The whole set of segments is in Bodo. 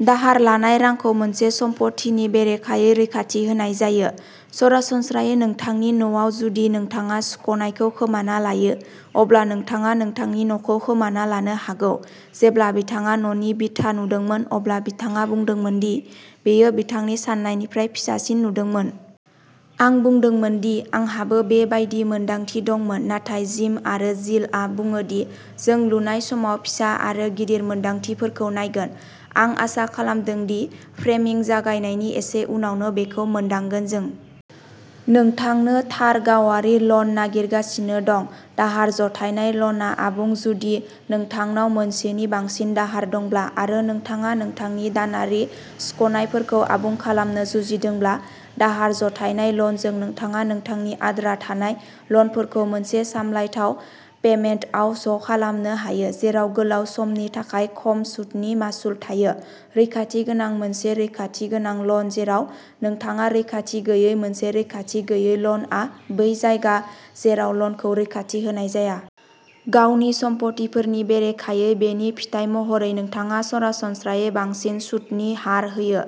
दाहार लानाय रांखौ मोनसे सम्पथिनि बेरेखायै रैखाथि होनाय जायो सरासनस्रायै नोंथांनि न'आव जुदि नोंथाङा सुख'नायखौ खोमाना लायो अब्ला नोंथाङा नोंथांनि न'खौ खोमाना लानो हागौ जेब्ला बिथाङा न'नि बिथा नुदोंमोन अब्ला बिथाङा बुंदोंमोन दि बेयो बिथांनि सान्नायनिफ्राय फिसासिन नुदोंमोन। आं बुंदोंमोन दि आंहाबो बे बायदि मोन्दांथि दंमोन नाथाय जिम आरो जिलआ बुङो दि जों लुनाय समाव फिसा आरो गिदिर मोनदांथिफोरखौ नायगोन। आं आसा खालामदों दि फ्रेमिं जागायनायनि एसे उनावनो बेखौ मोनदांगोन जों नोंथांनो थार गावारि ल'न नागिरगासिनो दं दाहार जथायनाय ल'नआ आबुं जुदि नोंथांनाव मोनसेनि बांसिन दाहार दंब्ला आरो नोंथाङा नोंथांनि दानारि सुख'नायफोरखौ आबुं खालामनो जुजिदोंब्ला दाहार जथायनाय ल'नजों नोंथाङा नोंथांनि आद्रा थानाय ल'नफोरखौ मोनसे सामलायथाव पेमेन्टआव ज'खालामनो हायो जेराव गोलाव समनि थाखाय खम सुतनि मासुल थायो रैखाथि गोनां मोनसे रैखाथि गोनां ल'न जेराव नोंथाङारैखाथि गैयै मोनसे रैखाथि गैयै ल'नआ बै जायगा जेराव ल'नखौ रैखाथि होनाय जाया। गावनि सम्फथिफोरनि बेरेखायै बेनि फिथाय महरै नोंथाङा सरासनस्रायै बांसिन सुतनि हार होयो।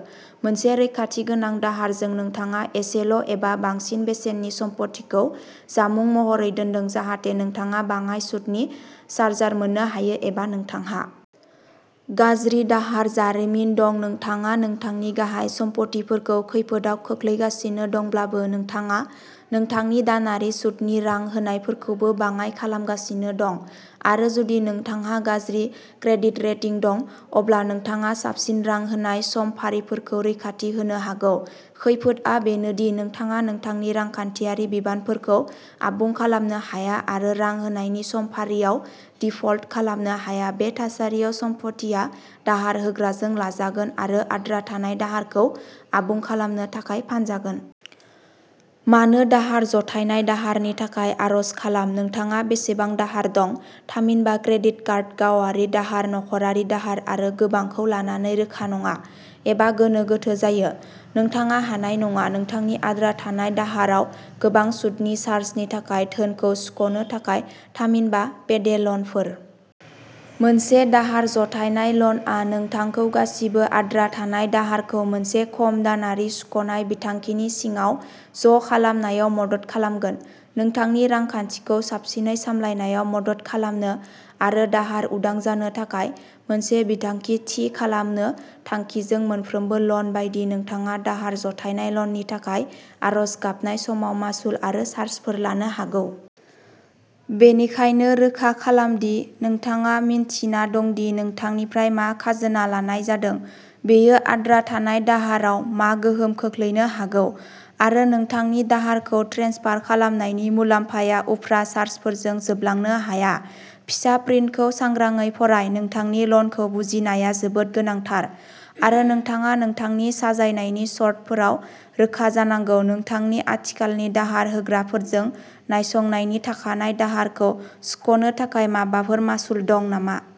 मोनसे रैखाथि गोनां दाहारजों नोंथाङा एसेल'एबा बांसिन बेसेननि सम्फथिखौ जामुं महरै दोन्दों जाहाथे नोंथाङा बाङाय सुतनि चार्जार मोननो हायो एबा नोंथांहा गाज्रि दाहार जारिमिन दं नोंथाङा नोंथांनि गाहाय सम्फथिफोरखौ खैफोदआव खोख्लैगासिनो दंब्लाबो नोंथाङा नोंथांनि दानारि सुतनि रां होनायफोरखौबो बाङाइ खालामगासिनो दं आरो जुदि नोंथांहा गाज्रि क्रेडिट रेटिं दं अब्ला नोंथाङा साबसिन रां होनाय समफारिफोरखौ रैखाथि होनो हागौ खैफोदआ बेनो दि नोंथाङा नोंथांनि रांखान्थियारि बिबानफोरखौ आबुं खालामनो हाया आरो रां होनायनि समफारियाव दिफल्ट खालामनो हाया बे थासारियाव सम्फथिया दाहार होग्राजों लाजागोन आरो आद्रा थानाय दाहारखौ आबुं खालामनो थाखाय फानजागोन। मानो दाहार जथायनाय दाहारनि थाखाय आर'ज खालाम नोंथाङा बेसेबां दाहार दं थामहिनबा क्रेडिट कार्ड गावारि दाहार नखरारि दाहार आरो गोबांखौ लानानै रोखा नङा एबा गोनो गोथो जायो। नोंथाङा हानाय नङा नोंथांनि आद्रा थानाय दाहाराव गोबां सुदनि चार्जनि थाखाय धोनखौ सुख'नो थाखाय थामहिनबा पेडे ल'नफोर। मोनसे दाहार जथायनाय ल'नआ नोंथांखौ गासिबो आद्रा थानाय दाहारखौ मोनसे खम दानारि सुख'नाय बिथांखिनि सिङाव ज'खालामनायाव मदद खालामगोन। नोंथांनि रांखान्थिखौ साबसिनै सामलायनायाव मदद खालामनो आरो दाहार उदां जानो थाखाय मोनसे बिथांखि थि खालामनो थांखिजों मोनफ्रोमबो ल'न बायदि नोंथाङा दाहार जथायनाय ल'ननि थाखाय आर'ज गाबनाय समाव मासुल आरो चार्जफोर लानो हागौ। बेनिखायनो रोखा खालाम दि नोंथाङा मिन्थिना दं दि नोंथांनिफ्राय मा खाजोना लानाय जादों बेयो आद्रा थानाय दाहाराव मा गोहोम खोख्लैनो हागौ आरो नोंथांनि दाहारखौ ट्रेन्सफार खालामनायनि मुलाम्फाया उफ्रा चार्जफोरजों जोबलांनो हाया फिसा प्रिन्टखौ सांग्राङै फराय नोंथांनि ल'नखौ बुजिनाया जोबोद गोनांथार आरो नोंथाङा नोंथांनि साजायनायनि सर्तफोराव रोखा जानांगौ नोंथांनि आथिखालनि दाहार होग्राफोरजों नायसंनायनि थाखानाय दाहारखौ सुख'नो थाखाय माबाफोर मासुल दं नामा।